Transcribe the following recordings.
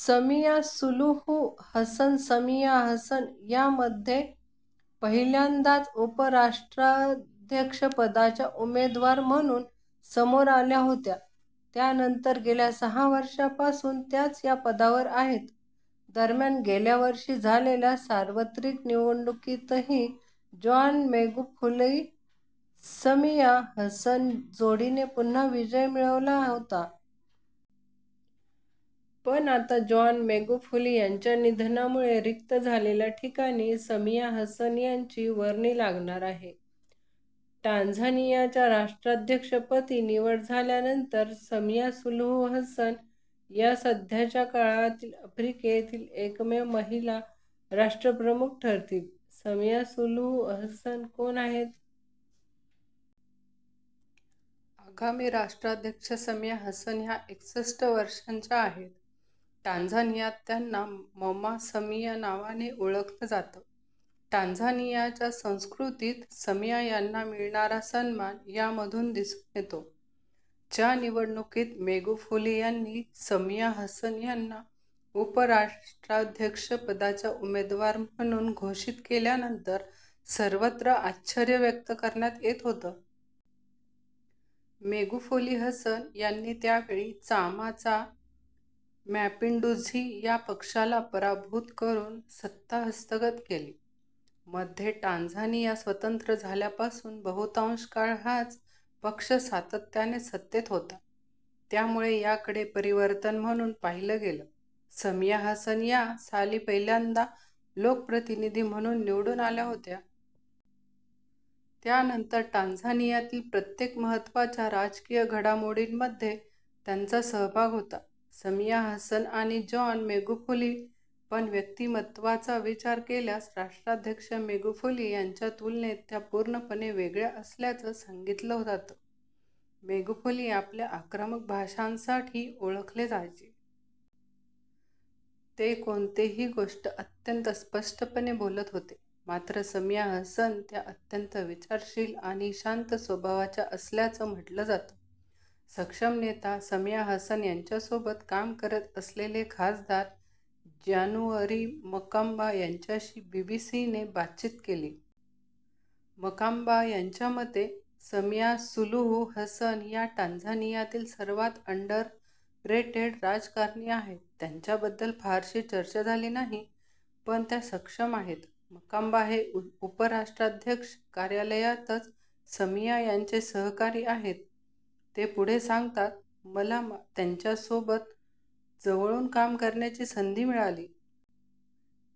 Samia Suluhu Hassan Samia Hassan या मध्ये पहिल्यांदाच उपराष्ट्राध्यक्षपदाच्या उमेदवार म्हणून समोर आल्या होत्या. त्यानंतर गेल्या सहा वर्षांपासून त्याच या पदावर आहेत. दरम्यान, गेल्या वर्षी झालेल्या सार्वत्रिक निवडणुकीतही जॉन मेगुफूली-समिया हसन जोडीने पुन्हा विजय मिळवला होता. पण आता जॉन मेगुफूली यांच्या निधनामुळे रिक्त झालेल्या ठिकाणी समिया हसन यांची वर्णी लागणार आहे. टांझानियाच्या राष्ट्राध्यक्षपदी निवड झाल्यानंतर समिया सुलूहू हसन या सध्याच्या काळातील आफ्रिकेतील एकमेव महिला राष्ट्रप्रमुख ठरतील. समिया सुलूहू हसन कोण आहेत? आगामी राष्ट्राध्यक्ष समिया हसन या एकसष्ठ वर्षांच्या आहेत. टांझानियात त्यांना ममा समिया नावाने ओळखलं जातं. टांझानियाच्या संस्कृतीत समिया यांना मिळणारा सन्मान यामधून दिसून येतो. च्या निवडणुकीत मेगुफूली यांनी समिया हसन यांना उपराष्ट्राध्यक्षपदाच्या उमेदवार म्हणून घोषित केल्यानंतर सर्वत्र आश्चर्य व्यक्त करण्यात येत होतं. मेगुफूली-हसन यांनी त्यावेळी चामा चा मॅपिंडूझी या पक्षाला पराभूत करून सत्ता हस्तगत केली. मध्ये टांझानिया स्वतंत्र झाल्यापासून बहुतांश काळ हाच पक्ष सातत्याने सत्तेत होता, त्यामुळे याकडे परिवर्तन म्हणून पाहिलं गेलं. समिया हसन या साली पहिल्यांदा लोकप्रतिनिधी म्हणून निवडून आल्या होत्या. त्यानंतर टांझानियातील प्रत्येक महत्त्वाच्या राजकीय घडामोडींमध्ये त्यांचा सहभाग होता. समिया हसन आणि जॉन मेगुफूली पण व्यक्तिमत्वाचा विचार केल्यास राष्ट्राध्यक्ष मेगुफूली यांच्या तुलनेत त्या पूर्णपणे वेगळ्या असल्याचं सांगितलं जातं. मेगुफूली आपल्या आक्रमक भाषणांसाठी ओळखले जायचे. ते कोणतीही गोष्ट अत्यंत स्पष्टपणे बोलत होते. मात्र समिया हसन या अत्यंत विचारशील आणि शांत स्वभावाच्या असल्याचं म्हटलं जातं. सक्षम नेत्या समिया हसन यांच्यासोबत काम करत असलेले खासदार जॅन्यूअरी मकांबा यांच्याशी बीबीसीने बातचीत केली. मकांबा यांच्या मते, समिया सुलूहू हसन या टांझानियातील सर्वांत अंडररेटेड राजकारणी आहेत. त्यांच्याबद्दल फारशी चर्चा झाली नाही. पण त्या सक्षम आहेत. मकांबा हे उपराष्ट्राध्यक्ष कार्यालयातच समिया यांचे सहकारी आहेत. ते पुढे सांगतात मला त्यांच्यासोबत जवळून काम करण्याची संधी मिळाली.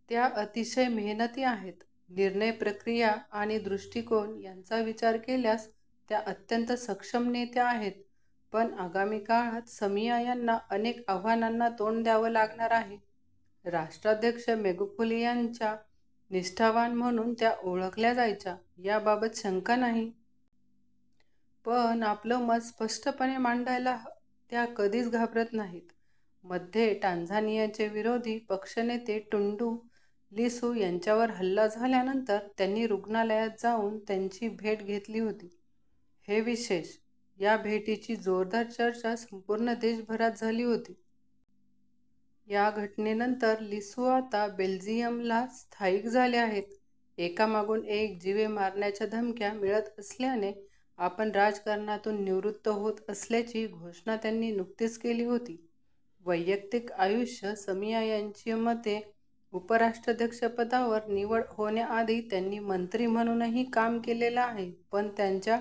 त्या अतिशय मेहनती आहेत. निर्णय प्रक्रिया आणि दृष्टीकोन यांचा विचार केल्यास त्या अत्यंत सक्षम नेत्या आहेत. पण आगामी काळात समिया यांना अनेक आव्हानांना तोंड द्यावं लागणार आहे. राष्ट्राध्यक्ष मेगुफूली यांच्या निष्ठावान म्हणून त्या ओळखल्या जायच्या याबाबत शंका नाही. पण आपलं मत स्पष्टपणे मांडायला त्या कधीच घाबरत नाहीत. मध्ये टांझानियाचे विरोधी पक्षनेते टुंडू लिसू यांच्यावर हल्ला झाल्यानंतर त्यांनी रुग्णालयात जाऊन त्यांची भेट घेतली होती, हे विशेष. या भेटीची जोरदार चर्चा संपूर्ण देशभरात झाली होती. या घटनेनंतर लिसू आता बेल्जियमला स्थायिक झाले आहेत. एकामागून एक जीवे मारण्याच्या धमक्या मिळत असल्याने आपण राजकारणातून निवृत्त होत असल्याची घोषणा त्यांनी नुकतीच केली होती. वैयक्तिक आयुष्य समिया यांची मध्ये उपराष्ट्राध्यक्षपदावर निवड होण्याआधी त्यांनी मंत्री म्हणूनही काम केलेलं आहे. पण त्यांच्या